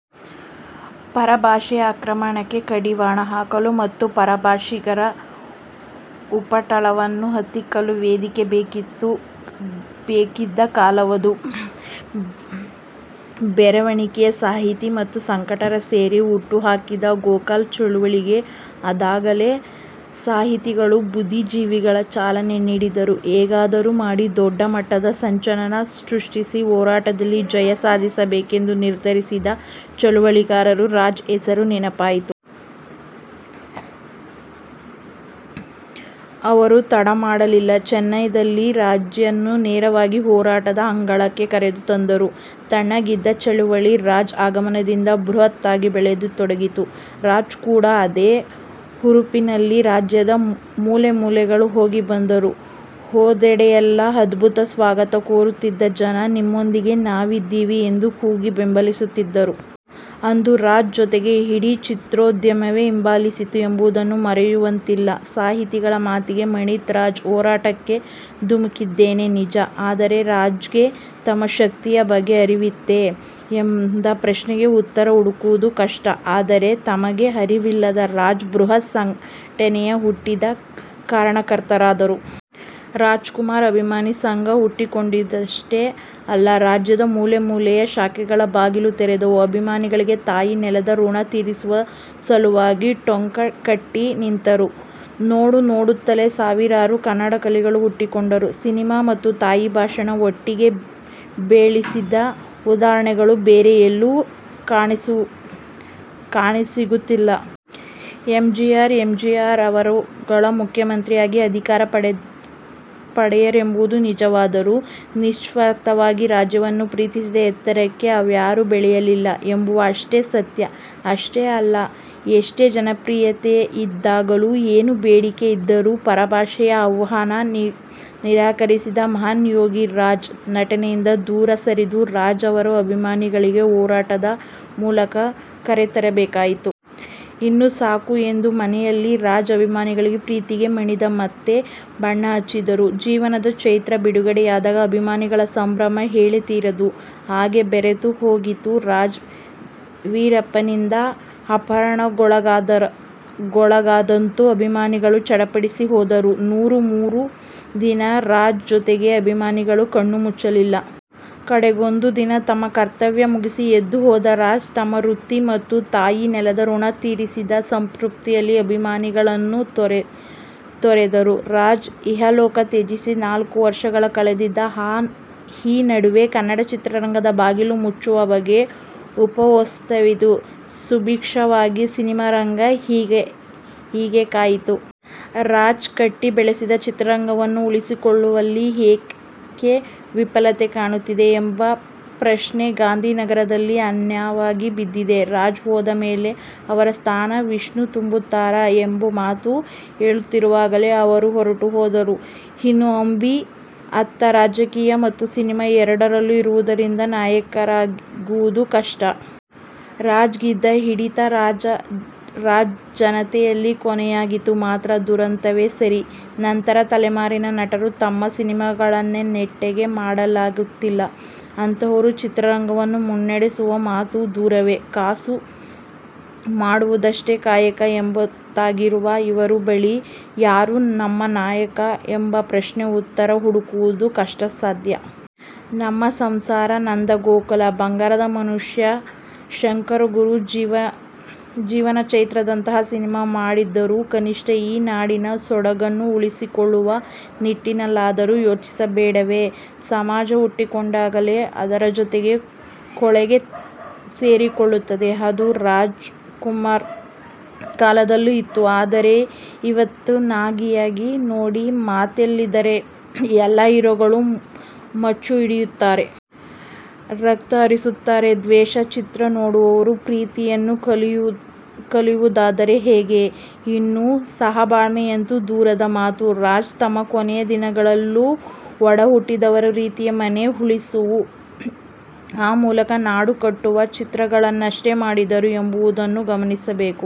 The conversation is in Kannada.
ಪರಭಾಷೆಯ ಆಕ್ರಮಣಕ್ಕೆ ಕಡಿವಾಣ ಹಾಕಲು ಮತ್ತು ಪರಭಾಷಿಗರ ಉಪಟಳವನ್ನು ಹತ್ತಿಕ್ಕಲು ವೇದಿಕೆ ಬೇಕಿದ್ದ ಕಾಲವದು. ಬೆರಳೆಣಿಕೆಯ ಸಾಹಿತಿಗಳು ಮತ್ತು ಸಂಘಟಕರು ಸೇರಿ ಹುಟ್ಟು ಹಾಕಿದ ಗೋಕಾಕ್ ಚಳವಳಿಗೆ ಅದಾಗಲೇ ಸಾಹಿತಿಗಳು, ಬುದ್ಧಿಜೀವಿಗಳು ಚಾಲನೆ ನೀಡಿದ್ದರು. ಹೇಗಾದರೂ ಮಾಡಿ ದೊಡ್ಡ ಮಟ್ಟದ ಸಂಚಲನ ಸೃಷ್ಠಿಸಿ ಹೋರಾಟದಲ್ಲಿ ಜಯ ಸಾಧಿಸಲೇಬೇಕೆಂದು ನಿರ್ಧರಿಸಿದ್ದ ಚಳಿವಳಿಗಾರರಿಗೆ ರಾಜ್ ಹೆಸರು ನೆನಪಾಯಿತು. ಅವರು ತಡಮಾಡಲಿಲ್ಲ. ಚೆನ್ನೈನಲ್ಲಿದ್ದ ರಾಜ್ರನ್ನು ನೇರವಾಗಿ ಹೋರಾಟದ ಅಂಗಳಕ್ಕೆ ಕರೆದು ತಂದರು. ತಣ್ಣಗಿದ್ದ ಚಳವಳಿ ರಾಜ್ ಆಗಮನದಿಂದ ಬೃಹತ್ತಾಗಿ ಬೆಳೆಯತೊಡಗಿತು. ರಾಜ್ ಕೂಡ ಅದೇ ಹುರುಪಿನಲ್ಲಿ ರಾಜ್ಯದ ಮೂಲೆಮೂಲೆಗಳು ಹೋಗಿ ಬಂದರು. ಹೋದೆಡೆಯಲೆಲ್ಲಾ ಅದ್ಭುತ ಸ್ವಾಗತ ಕೋರುತ್ತಿದ್ದ ಜನ ನಿಮ್ಮೊಂದಿಗೆ ನಾವಿದ್ದೇವೆ ಎಂದು ಕೂಗಿ ಬೆಂಬಲಿಸುತ್ತಿದ್ದರು. ಅಂದು ರಾಜ್ ಜೊತೆಗೆ ಇಡೀ ಚಿತ್ರೋದ್ಯಮವೇ ಹಿಂಬಾಲಿಸಿತ್ತು ಎಂಬುದನ್ನು ಮರೆಯುವಂತಿಲ್ಲ. ಸಾಹಿತಿಗಳ ಮಾತಿಗೆ ಮಣಿದ ರಾಜ್ ಹೋರಾಟಕ್ಕೆ ಧುಮುಕ್ಕಿದ್ದೇನೋ ನಿಜ. ಆದರೆ ರಾಜ್ಗೆ ತಮ್ಮ ಶಕ್ತಿಯ ಬಗ್ಗೆ ಅರಿವಿತ್ತೆ? ಎಂಬ ಪ್ರಶ್ನೆಗೆ ಉತ್ತರ ಹುಡುಕುವುದು ಕಷ್ಟ. ಆದರೆ, ತಮಗೇ ಅರಿವಿಲ್ಲದೆ ರಾಜ್, ಬೃಹತ್ ಸಂಘಟನೆಯ ಹುಟ್ಟಿಗೆ ಕಾರಣಕರ್ತರಾದರು. ರಾಜ್ಕುಮಾರ್ ಅಭಿಮಾನಿ ಸಂಘ ಹುಟ್ಟಿಕೊಂಡಿದ್ದಷ್ಟೇ ಅಲ್ಲ. ರಾಜ್ಯದ ಮೂಲೆ ಮೂಲೆಯಲ್ಲಿ ಶಾಖೆಗಳು ಬಾಗಿಲು ತೆರೆದವು. ಅಭಿಮಾನಿಗಳು ತಾಯಿ ನೆಲದ ಋಣ ತೀರಿಸುವ ಸಲುವಾಗಿ ಟೊಂಕ ಕಟ್ಟಿ ನಿಂತರು. ನೋಡನೋಡುತ್ತಲೇ ಸಾವಿರಾರು ಕನ್ನಡ ಕಲಿಗಳು ಹುಟ್ಟಿಕೊಂಡರು. ಸಿನಿಮಾ ಮತ್ತು ತಾಯಿ ಭಾಷೆಯನ್ನು ಒಟ್ಟಿಗೆ ಬೆಳೆಸಿದ ಉದಾಹರಣೆಗಳೂ ಬೇರೆ ಎಲ್ಲೂ ಕಾಣಸಿಗುವುದಿಲ್ಲ. ಎಂಜಿಆರ್, ಎನ್ಟಿಆರ್ ಅವರುಗಳು ಮುಖ್ಯಮಂತ್ರಿಯಾಗಿ ಅಧಿಕಾರ ಪಡೆದರೆಂಬುದು ನಿಜವಾದರೂ, ನಿಸ್ವಾರ್ಥವಾಗಿ ರಾಜ್ಯವನ್ನು ಪ್ರೀತಿಸಿದ ಎತ್ತರಕ್ಕೆ ಅವರ್ಯಾರು ಬೆಳೆಯಲಿಲ್ಲ ಎಂಬುದು ಅಷ್ಟೇ ಸತ್ಯ. ಅಷ್ಟೇ ಅಲ್ಲ ಎಷ್ಟೇ ಜನಪ್ರಿಯತೆಯಿದ್ದಾಗಲೂ, ಏನೇ ಬೇಡಿಕೆ ಇದ್ದರೂ ಪರಭಾಷೆಯ ಆಹ್ವಾನವನ್ನು ನಿರಾಕರಿಸಿದ ಮಹಾನ್ ಯೋಗಿ ರಾಜ್. ನಟನೆಯಿಂದ ದೂರ ಸರಿದ ರಾಜ್ ಅವರನ್ನು ಅಭಿಮಾನಿಗಳು ಹೋರಾಟದ ಮೂಲಕ ಕರೆತರಬೇಕಾಯಿತು. ಇನ್ನು ಸಾಕು ಎಂದು ಮನೆಯಲ್ಲಿದ್ದ ರಾಜ್, ಅಭಿಮಾನಿಗಳ ಪ್ರೀತಿಗೆ ಮಣಿದು ಮತ್ತೆ ಬಣ್ಣ ಹಚ್ಚಿದರು. ಜೀವನ ಚೈತ್ರ ಬಿಡುಗಡೆಯಾದಾಗ ಅಭಿಮಾನಿಗಳ ಸಂಭ್ರಮ ಹೇಳತೀರದು. ಹಾಗೆ ಬೆರತು ಹೋಗಿದ್ದ ರಾಜ್ ವೀರಪ್ಪನ್ನಿಂದ ಅಪಹರಣಕ್ಕೊಳಗಾದಾಗಲಂತೂ ಅಭಿಮಾನಿಗಳು ಚಡಪಡಿಸಿ ಹೋದರು. ನೂರ ಮೂರು ದಿನ ರಾಜ್ ಜೊತೆಗೆ ಅಭಿಮಾನಿಗಳು ಕಣ್ಣುಮುಚ್ಚಲಿಲ್ಲ. ಕಡೆಗೊಂದು ದಿನ ತಮ್ಮ ಕರ್ತವ್ಯ ಮುಗಿಸಿ ಎದ್ದು ಹೋದ ರಾಜ್ ತಮ್ಮ ವೃತ್ತಿ ಮತ್ತು ತಾಯಿ ನೆಲದ ಋಣ ತೀರಿಸಿದ ಸಂತೃಪ್ತಿಯಲ್ಲಿ ಅಭಿಮಾನಿಗಳನ್ನು ತೊರೆದರು. ರಾಜ್ ಇಹಲೋಕ ತ್ಯಜಿಸಿ ನಾಲ್ಕು ವರ್ಷಗಳು ಕಳೆದಿವೆ. ಈ ನಡುವೆ ಕನ್ನಡ ಚಿತ್ರರಂಗ ಬಾಗಿಲು ಮುಚ್ಚುವ ಬಗ್ಗೆ ಊಹಾಪೋಹವೆದ್ದಿದೆ. ಸುಭಿಕ್ಷವಾಗಿದ್ದ ಸಿನಿಮಾರಂಗ ಹೀಗೇಕಾಯಿತು. ರಾಜ್ ಕಟ್ಟಿ ಬೆಳೆಸಿದ ಚಿತ್ರರಂಗವನ್ನು ಉಳಿಸಿಕೊಳ್ಳುವಲ್ಲಿ ಏಕೆ ವಿಫಲತೆ ಕಾಣುತ್ತಿದೆ? ಎಂಬ ಪ್ರಶ್ನೆ ಗಾಂಧಿನಗರದಲ್ಲಿ ಅನಾಥವಾಗಿ ಬಿದ್ದಿದೆ. ರಾಜ್ ಹೋದ ಮೇಲೆ ಅವರ ಸ್ಥಾನ ವಿಷ್ಣು ತುಂಬುತ್ತಾರಾ? ಎಂಬ ಮಾತು ಏಳುತ್ತಿರುವಾಗಲೇ ಅವರು ಹೊರಟು ಹೋದರು. ಇನ್ನು ಅಂಬಿ, ಅತ್ತ ರಾಜಕೀಯ ಮತ್ತು ಸಿನಿಮಾ ಎರಡರಲ್ಲೂ ಇರುವುದರಿಂದ ನಾಯಕರಾಗುವುದು ಕಷ್ಟ. ರಾಜ್ ಗಿದ್ದ ಹಿಡಿತ ರಾಜ್ ಜತೆಯಲ್ಲೇ ಕೊನೆಯಾಗಿದ್ದು ಮಾತ್ರ ದುರಂತವೇ ಸರಿ. ನಂತರದ ತಲೆಮಾರಿನ ನಟರು ತಮ್ಮ ಸಿನಿಮಾಗಳನ್ನೇ ನೆಟ್ಟಗೆ ಮಾಡಲಾಗುತ್ತಿಲ್ಲ. ಅಂತಹುದರಲ್ಲಿ ಚಿತ್ರರಂಗವನ್ನು ಮುನ್ನಡೆಸುವ ಮಾತಂತೂ ದೂರವೇ. ಕಾಸು ಮಾಡೋದಷ್ಟೇ ಕಾಯಕ ಎಂಬಂತಾಗಿರುವ ಇವರುಗಳ ಬಳಿ ಯಾರು ನಮ್ಮ ನಾಯಕ ಎಂಬ ಪ್ರಶ್ನೆಗೆ ಉತ್ತರ ಹುಡುಕುವುದು ಕಷ್ಟಸಾಧ್ಯ. ನಮ್ಮ ಸಂಸಾರ, ನಂದಗೋಕುಲ, ಬಂಗಾರದ ಮನುಷ್ಯ, ಶಂಕರ್ಗುರು, ಜೀವನ ಚೈತ್ರದಂತಹ ಸಿನಿಮಾ ಮಾಡದಿದ್ದರೂ, ಕನಿಷ್ಠ ಈ ನಾಡಿನ ಸೊಗಡನ್ನು ಉಳಿಸಿಕೊಳ್ಳುವ ನಿಟ್ಟಿನಲ್ಲಾದರೂ ಯೋಚಿಸಬೇಡವೇ. ಸಮಾಜ ಹುಟ್ಟಿಕೊಂಡಾಗಲೇ ಅದರ ಜತೆಗೆ ಕೊಳಕು ಸೇರಿಕೊಳ್ಳುತ್ತದೆ. ಅದು ರಾಜ್ಕುಮಾರ್ ಕಾಲದಲ್ಲೂ ಇತ್ತು. ಆದರೆ, ಈವತ್ತೇನಾಗಿದೆಯೋ ನೋಡಿ. ಮಾತೆತ್ತಿದ್ದರೆ ಎಲ್ಲಾ ಹೀರೋಗಳು ಮಚ್ಚು ಹಿಡಿಯುತ್ತಾರೆ. ರಕ್ತ ಹರಿಸುತ್ತಾರೆ. ದ್ವೇಷದ ಚಿತ್ರ ನೋಡುವವರು ಪ್ರೀತಿಯನ್ನು ಕಲಿಯುವುದಾದರೂ ಹೇಗೆ? ಇನ್ನು ಸಹಬಾಳ್ವೆಯಂತೂ ದೂರದ ಮಾತು. ರಾಜ್ ತಮ್ಮ ಕೊನೆಯ ದಿನಗಳಲ್ಲೂ ಒಡಹುಟ್ಟಿದವರು ರೀತಿಯ ಮನೆ ಉಳಿಸುವ, ಆ ಮೂಲಕ ನಾಡು ಕಟ್ಟುವ ಚಿತ್ರಗಳನ್ನಷ್ಟೇ ಮಾಡಿದರು ಎಂಬುದನ್ನು ಗಮನಿಸಬೇಕು.